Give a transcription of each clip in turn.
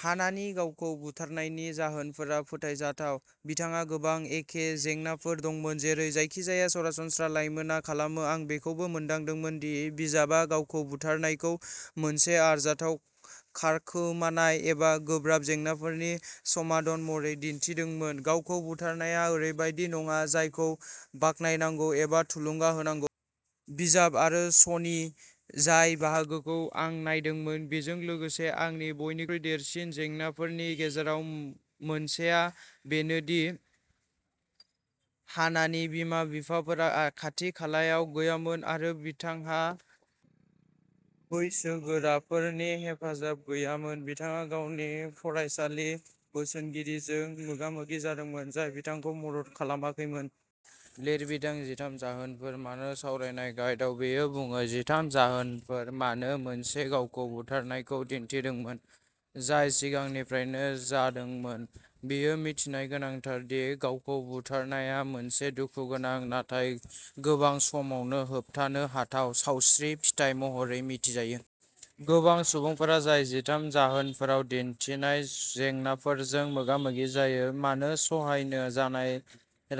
हानानि गावखौ बुथारनायनि जाहोनफोरा फोथायजाथाव। बिथांहा गोबां एखे जेंनाफोर दंमोन जेरै जायखिजाया सरासनस्रा लाइमोनआ खालामो। आं बेखौबो मोनदांदोंमोन दि बिजाबआ गावखौ बुथारनायखौ मोनसे आरजाथाव खारखोमानाय एबा गोब्राब जेंनाफोरनि समाधान महरै दिन्थिदोंमोन। गावखौ बुथारनाया ओरैबायदि नङा जायखौ बाखनायनांगौ एबा थुलुंगा होनांगौ। बिजाब आरो श'नि जाय बाहागोखौ आं नायदोंमोन, बेजों लोगोसे आंनि बयनिख्रुइ देरसिन जेंनाफोरनि गेजेराव मोनसेआ बेनोदि हानानि बिमा-बिफाफोरा खाथि-खालायाव गैयामोन आरो बिथांहा बैसोगोराफोरनि हेफाजाब गैयामोन। बिथाङा गावनि फरायसालि बोसोनगिरिजों मोगामोगि जादोंमोन, जाय बिथांखौ मदद खालामाखैमोन। लिरबिदां जिथाम जाहोनफोर मानो सावरायनाय गाइदाव बेयो बुङो, जिथाम जाहोनफोर मानो मोनसे गावखौ बुथारनायखौ दिन्थिदोंमोन जाय सिगांनिफ्रायनो जादोंमोन, बेयो मिथिनाया गोनांथार दि गावखौ बुथारनाया मोनसे दुखुगोनां नाथाय गोबां समावनो होबथानो हाथाव सावस्रि फिथाय महरै मिथिजायो। गोबां सुबुंफोरा जाय जिथाम जाहोनफोराव दिन्थिनाय जेंनाफोरजों मोगा-मोगि जायो। मानो सहायनो हानाय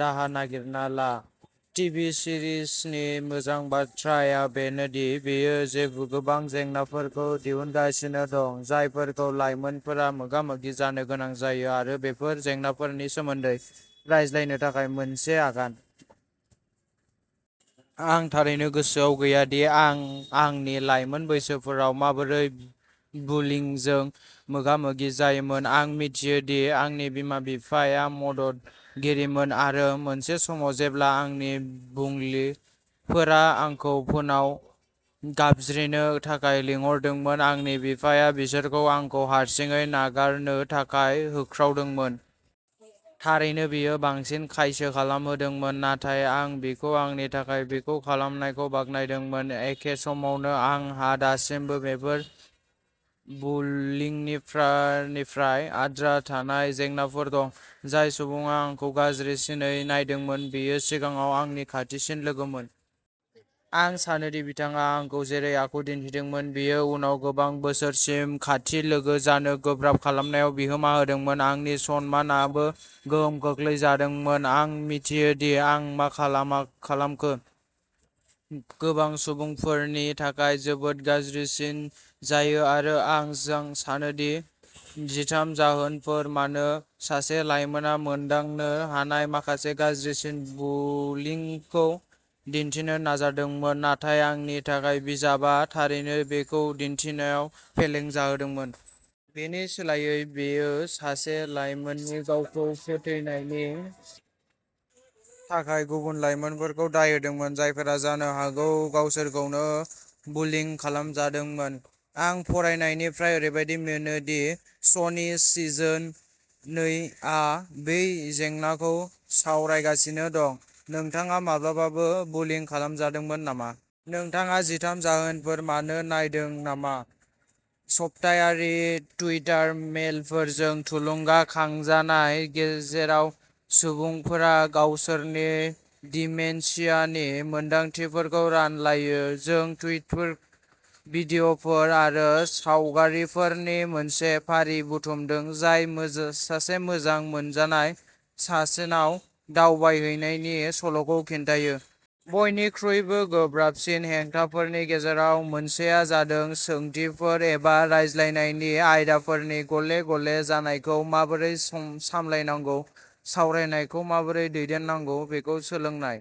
राहा नागिरना ला। टिभि सिरिसनि मोजां बाथ्राया बेनो दि बेयो गोबां जेंनाफोरखौ दिहुनगासिनो दं, जायफोरखौ लाइमोनफोरा मोगा-मोगि जानो गोनां जायो आरो बेफोर जेंनाफोरनि सोमोन्दै रायज्लायनो थाखाय मोनसे आगान। आं थारैनो गोसोआव गैया दि आं आंनि लाइमोन बोसोरफोराव माबोरै बुलिंजों मोगा-मोगि जायोमोन। आं मिथियोदि आंनि बिमा-बिफाया मददगिरिमोन आरो मोनसे समाव जेब्ला आंनि बुलिंफोरा आंखौ फोनाव गाबज्रिनो थाखाय लिंहरदोंमोन, आंनि बिफाया बिसोरखौ आंखौ हारसिङै नागारनो थाखाय होख्रावदोंमोन। थारैनो, बेयो बांसिन खायसो खालामहोदोंमोन, नाथाय आं बिखौ आंनि थाखाय बेखौ खालामनायखौ बाख्नायदोंमोन। एखे समावनो, आंहा दासिमबो बेफोर बुलिंफोरनिफ्राय आद्रा थानाय जेंनाफोर दं। जाय सुबुङा आंखौ गाज्रिसिनै नायदोंमोन बियो सिगाङाव आंनि खाथिसिन लोगोमोन। आं सानोदि बिथाङा आंखौ जेरै आखु दिन्थिदोंमोन, बेयो उनाव गोबां बोसोरसिम खाथि लोगो जानो गोब्राब खालामनायाव बिहोमा होदोंमोन। आंनि सनमान आबो गोहोम खोख्लैजादोंमोन। आं मिथियो दि आं मा खालाम खालामखो। गोबां सुबुंफोरनि थाखाय जोबोद गाज्रिसिन जायो आरो आं सान्दों जिथाम जाहोनफोर मानो सासे लाइमोनआ मोनदांनो हानाय माखासे गाज्रिसिन बुलिंखौ दिन्थिनो नाजादोंमोन, नाथाय आंनि थाखाय, बिजाबआ थारैनो बेखौ दिन्थिनोयाव फेलें जादोंमोन। बेनि सोलायै, बेयो सासे लाइमोननि गावखौ फोथैनायनि थाखाय गुबुन लाइमोनफोरखौ दाय होदोंमोन, जायफोरा जानो हागौ गावसोरखौनो बुलिं खालामजादोंमोन। आं फरायनायनिफ्राय, ओरैबायदि मोनो दि श'नि सिजोन नै आ बै जेंनाखौ सावरायगासिनो दं। नोंथाङा माब्लाबाबो बुलिं खालामजादोंमोन नामा? नोंथाङा जिथाम जाहोनफोर मानो नायदों नामा? सप्तायारि टुइटार मेलफोरजों थुलुंगा खांजानाय गेजेराव सुबुंफोरा गावसोरनि दिमेन्सियानि मोनदांथिफोरखौ रानलायो, जों टुइटफोर, भिडिय'फोर आरो सावगारिफोरनि मोनसे फारि बुथुमदों जाय सासे मोजां मोनजानाय सासेनाव दावबायहैनायनि सल'खौ खिन्थायो। बयनिख्रुइबो गोब्राबसिन हेंथाफोरनि गेजेराव मोनसेआ जादों सोंथिफोर एबा रायज्लायनायनि आयदाफोरनि गले गले जानायखौ माबोरै साम सामलायनांगौ सावरायनायखौ माबोरै दैदेननांगौ बेखौ सोलोंनाय।